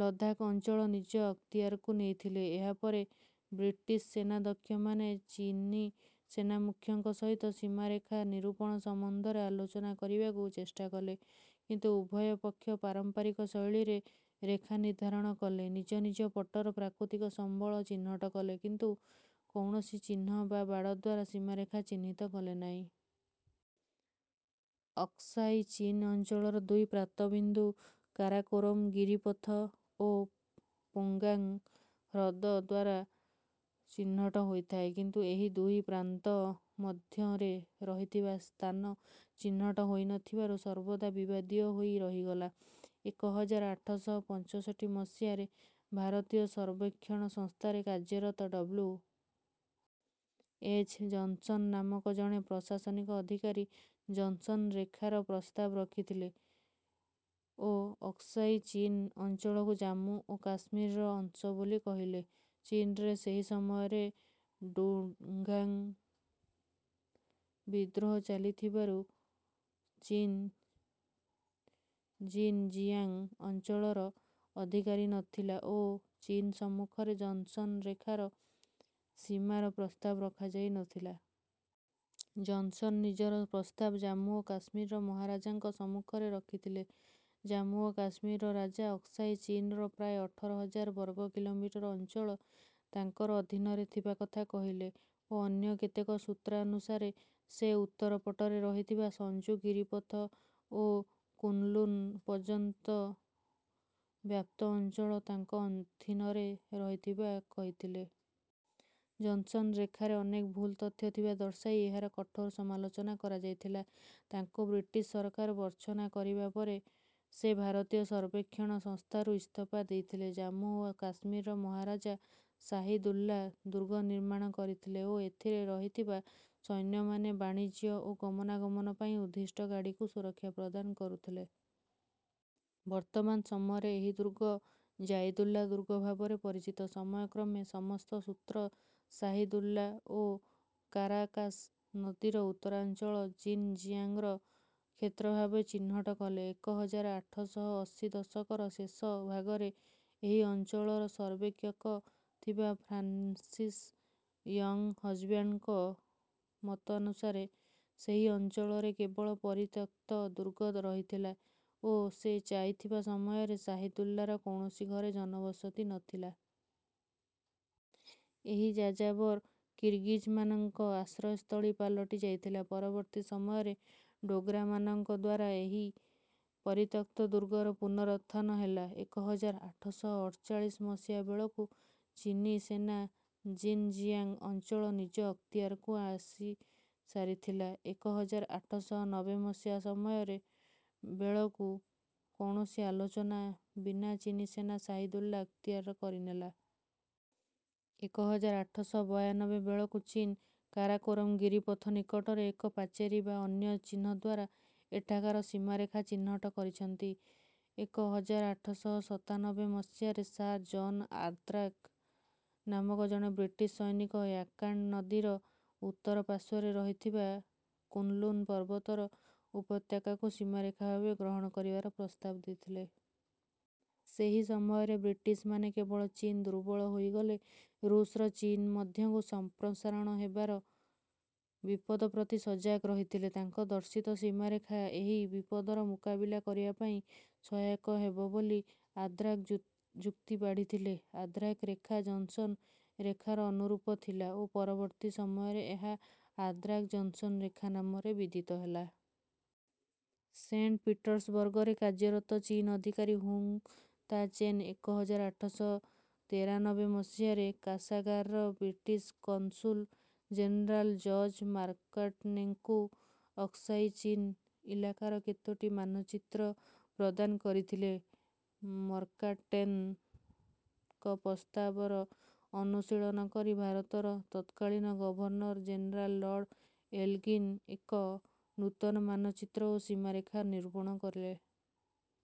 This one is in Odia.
ଲଦାଖ୍ ଅଞ୍ଚଳ ନିଜ ଅକ୍ତିଆରକୁ ନେଇଥିଲେ। ଏହାପରେ ବ୍ରିଟିଶ୍ ସେନାଧ୍ୟକ୍ଷମାନେ ଚୀନୀ ସେନାମୁଖ୍ୟଙ୍କ ସହିତ ସୀମାରେଖା ନିରୂପଣ ସମ୍ବନ୍ଧରେ ଆଲୋଚନା କରିବାକୁ ଚେଷ୍ଟା କଲେ। କିନ୍ତୁ ଉଭୟ ପକ୍ଷ ପାରମ୍ପରିକ ଶୈଳୀରେ ରେଖା ନିର୍ଦ୍ଧାରଣ କଲେ, ନିଜ ନିଜ ପଟର ପ୍ରାକୃତିକ ସମ୍ବଳ ଚିହ୍ନଟ କଲେ, କିନ୍ତୁ କୌଣସି ଚିହ୍ନ ବା ବାଡ଼ ଦ୍ୱାରା ସୀମାରେଖା ଚିହ୍ନିତ କଲେ ନାହିଁ। ଅକ୍ସାଇ ଚୀନ୍ ଅଞ୍ଚଳର ଦୁଇ ପ୍ରାନ୍ତବିନ୍ଦୁ କାରାକୋରମ୍ ଗିରିପଥ ଓ ପାଙ୍ଗୋଙ୍ଗ୍ ହ୍ରଦ ଦ୍ୱାରା ଚିହ୍ନଟ ହୋଇଥାଏ। କିନ୍ତୁ ଏହି ଦୁଇ ପ୍ରାନ୍ତ ମଧ୍ୟରେ ରହିଥିବା ସ୍ଥାନ ଚିହ୍ନଟ ହୋଇ ନ ଥିବାରୁ ସର୍ବଦା ବିବାଦୀୟ ହୋଇ ରହିଗଲା। ଏକ ହଜାର ଆଠ ଶହ ପଞ୍ଚଷଠି ମସିହାରେ ଭାରତୀୟ ସର୍ବେକ୍ଷଣ ସଂସ୍ଥାରେ କାର୍ଯ୍ୟରତ ଡବ୍ଲୁ. ଏଚ୍. ଜନ୍‌ସନ୍ ନାମକ ଜଣେ ପ୍ରଶାସନିକ ଅଧିକାରୀ “ଜନ୍‌ସନ୍ ରେଖା”ର ପ୍ରସ୍ତାବ ରଖିଲେ ଓ ଅକ୍ସାଇ ଚୀନ୍ ଅଞ୍ଚଳକୁ ଜାମ୍ମୁ ଓ କାଶ୍ମୀରର ଅଂଶ ବୋଲି କହିଲେ। ଚୀନରେ ସେହି ସମୟରେ ଡୁଙ୍ଗାନ୍ ବିଦ୍ରୋହ ଚାଲିଥିବାରୁ ଚୀନ୍ ଜିନ୍-ଜିଆଙ୍ଗ୍ ଅଞ୍ଚଳର ଅଧିକାରୀ ନ ଥିଲା ଓ ଚୀନ୍ ସମ୍ମୁଖରେ ଜନ୍‌ସନ୍ ରେଖାର ସୀମାର ପ୍ରସ୍ତାବ ରଖାଯାଇ ନ ଥିଲା। ଜନ୍‌ସନ୍ ନିଜର ପ୍ରସ୍ତାବ ଜାମ୍ମୁ ଓ କାଶ୍ମୀରର ମହାରାଜାଙ୍କ ସମ୍ମୁଖରେ ରଖିଥିଲେ। ଜାମ୍ମୁ କାଶ୍ମୀରର ରାଜା ଅକ୍ସାଇ ଚୀନ୍‌ର ପ୍ରାୟ ଅଠର ହଜାର ବର୍ଗ କିଲୋମିଟର ଅଞ୍ଚଳ ତାଙ୍କର ଅଧୀନରେ ଥିବା କଥା କହିଲେ ଓ ଅନ୍ୟ କେତେକ ସୂତ୍ରାନୁସାରେ ସେ ଉତ୍ତର ପଟରେ ରହିଥିବା ସଂଜୁ ଗିରିପଥ ଓ କୁନ୍ ଲୁନ୍ ପର୍ଯ୍ୟନ୍ତ ବ୍ୟାପ୍ତ ଅଞ୍ଚଳ ତାଙ୍କ ଅଧୀନରେ ରହିଥିବା କହିଥିଲେ। ଜନ୍‌ସନ୍ ରେଖାରେ ଅନେକ ଭୁଲ ତଥ୍ୟ ଥିବା ଦର୍ଶାଇ ଏହାର କଠୋର ସମାଲୋଚନା କରାଯାଇଥିଲା। ତାଙ୍କୁ ବ୍ରିଟିଶ୍ ସରକାର ଭର୍ତ୍ସନା କରିବା ପରେ ସେ ଭାରତୀୟ ସର୍ବେକ୍ଷଣ ସଂସ୍ଥାରୁ ଇସ୍ତଫା ଦେଇଥିଲେ। ଜାମ୍ମୁ ଓ କାଶ୍ମୀରର ମହାରାଜା ଶାହିଦୁଲ୍ଲା ଦୁର୍ଗ ନିର୍ମାଣ କରିଥିଲେ ଓ ଏଥିରେ ରହିଥିବା ସୈନ୍ୟମାନେ ବାଣିଜ୍ୟ ଓ ଗମନାଗମନ ପାଇଁ ଉଦ୍ଦିଷ୍ଟ ଗାଡ଼ିକୁ ସୁରକ୍ଷା ପ୍ରଦାନ କରୁଥିଲେ। ବର୍ତ୍ତମାନ ସମୟରେ ଏହି ଦୁର୍ଗ ଜାଇଦୁଲ୍ଲା ଦୁର୍ଗ ଭାବରେ ପରିଚିତ। ସମୟକ୍ରମେ ସମସ୍ତ ସୂତ୍ର ଶାହିଦୁଲ୍ଲା ଓ କାରାକାଶ୍ ନଦୀର ଉତ୍ତରାଞ୍ଚଳ ଜିନ୍‌ଜିଆଙ୍ଗ୍‌ର କ୍ଷେତ୍ର ଭାବେ ଚିହ୍ନଟ କଲେ। ଏକ ହଜାର ଆଠ ଶହ ଅଶୀ ଦଶକର ଶେଷ ଭାଗରେ ଏହି ଅଞ୍ଚଳର ସର୍ବେକ୍ଷକ ଥିବା ଫ୍ରାନ୍ସିସ୍ ୟଙ୍ଗ୍‌ହଜ୍‌ବ୍ୟାଣ୍ଡଙ୍କ ମତାନୁସାରେ ସେହି ଅଞ୍ଚଳରେ କେବଳ ପରିତ୍ୟକ୍ତ ଦୁର୍ଗ ରହିଥିଲା ଓ ସେ ଯାଇଥିବା ସମୟରେ ଶାହିଦୁଲ୍ଲାର କୌଣସି ଘରେ ଜନବସତି ନ ଥିଲା। ଏହି ଯାଯାବର କିର୍‌ଗିଜ୍‌ମାନଙ୍କ ଆଶ୍ରୟସ୍ଥଳୀ ପାଲଟି ଯାଇଥିଲା। ପରବର୍ତ୍ତୀ ସମୟରେ ଡୋଗ୍ରାମାନଙ୍କ ଦ୍ୱାରା ଏହି ପରିତ୍ୟକ୍ତ ଦୁର୍ଗର ପୁନରୁତ୍ଥାନ ହେଲା। ଏକ ହଜାର ଆଠ ଶହ ଅଠଚାଳିଶ ମସିହା ବେଳକୁ ଚୀନୀ ସେନା ଜିନ୍‌ଜିଆଙ୍ଗ୍ ଅଞ୍ଚଳ ନିଜ ଅକ୍ତିଆରକୁ ଆସିସାରିଥିଲା। ଏକ ହଜାର ଆଠ ଶହ ନବେ ମସିହା ସମୟରେ ବେଳକୁ କୌଣସି ଆଲୋଚନା ବିନା ଚୀନୀ ସେନା ଶାହିଦୁଲ୍ଲା ଅକ୍ତିଆର କରିନେଲା। ଏକ ହଜାର ଆଠ ଶହ ବୟାନବେ ବେଳକୁ ଚୀନ୍ କାରାକୋରମ୍ ଗିରିପଥ ନିକଟରେ ଏକ ପାଚେରୀ ବା ଅନ୍ୟ ଚିହ୍ନ ଦ୍ୱାରା ଏଠାକାର ସୀମାରେଖା ଚିହ୍ନଟ କରିଛନ୍ତି। ଏକ ହଜାର ଆଠ ଶହ ସତାନବେ ମସିହାରେ ସାର୍ ଜନ୍ ଆର୍ଦାଘ୍ ନାମକ ଜଣେ ବ୍ରିଟିଶ୍ ସୈନିକ ୟାର୍କଣ୍ଡ୍ ନଦୀର ଉତ୍ତର ପାର୍ଶ୍ୱରେ ରହିଥିବା କୁନ୍‌ଲୁନ୍ ପର୍ବତର ଉପତ୍ୟକାକୁ ସୀମାରେଖା ଭାବେ ଗ୍ରହଣ କରିବାର ପ୍ରସ୍ତାବ ଦେଇଥିଲେ। ସେହି ସମୟରେ ବ୍ରିଟିଶ୍‌ମାନେ କେବଳ ଚୀନ୍ ଦୁର୍ବଳ ହୋଇଗଲେ ଋଷ୍‌ର ଚୀନ୍ ମଧ୍ୟକୁ ସଂପ୍ରସାରଣ ହେବାର ବିପଦ ପ୍ରତି ସଜାଗ ରହିଥିଲେ। ତାଙ୍କ ଦର୍ଶିତ ସୀମାରେଖା ଏହି ବିପଦର ମୁକାବିଲା କରିବା ପାଇଁ ସହାୟକ ହେବ ବୋଲି ଆର୍ଦାଘ୍ ଯୁକ୍ତି ବାଢ଼ିଥିଲେ। ଆର୍ଦାଘ୍ ରେଖା ଜନ୍‌ସନ୍ ରେଖାର ଅନୁରୂପ ଥିଲା ଓ ପରବର୍ତ୍ତୀ ସମୟରେ ଏହା “ଆର୍ଦାଘ୍-ଜନ୍‌ସନ୍ ରେଖା” ନାମରେ ବିଦିତ ହେଲା। ସେଣ୍ଟ୍ ପିଟର୍ସବର୍ଗ୍‌ରେ କାର୍ଯ୍ୟରତ ଚୀନୀ ଅଧିକାରୀ ହୁଙ୍ଗ୍ ତା-ଚେନ୍ ଏକ ହଜାର ଆଠ ଶହ ତେରାନବେ ମସିହାରେ କାଶ୍‌ଗାର୍‌ର ବ୍ରିଟିଶ୍ କନ୍‌ସୁଲ୍ ଜେନେରାଲ୍ ଜର୍ଜ୍ ମକାର୍ଟ୍‌ନେଙ୍କୁ ଅକ୍ସାଇ ଚୀନ୍ ଇଲାକାର କେତୋଟି ମାନଚିତ୍ର ପ୍ରଦାନ କରିଥିଲେ। ମକାର୍ଟ୍‌ନେଙ୍କ ପ୍ରସ୍ତାବର ଅନୁଶୀଳନ କରି ଭାରତର ତତ୍କାଳୀନ ଗଭର୍ଣ୍ଣର୍ ଜେନେରାଲ୍ ଲର୍ଡ୍ ଏଲ୍‌ଗିନ୍ ଏକ ନୂତନ ମାନଚିତ୍ର ଓ ସୀମାରେଖା ନିରୂପଣ କଲେ।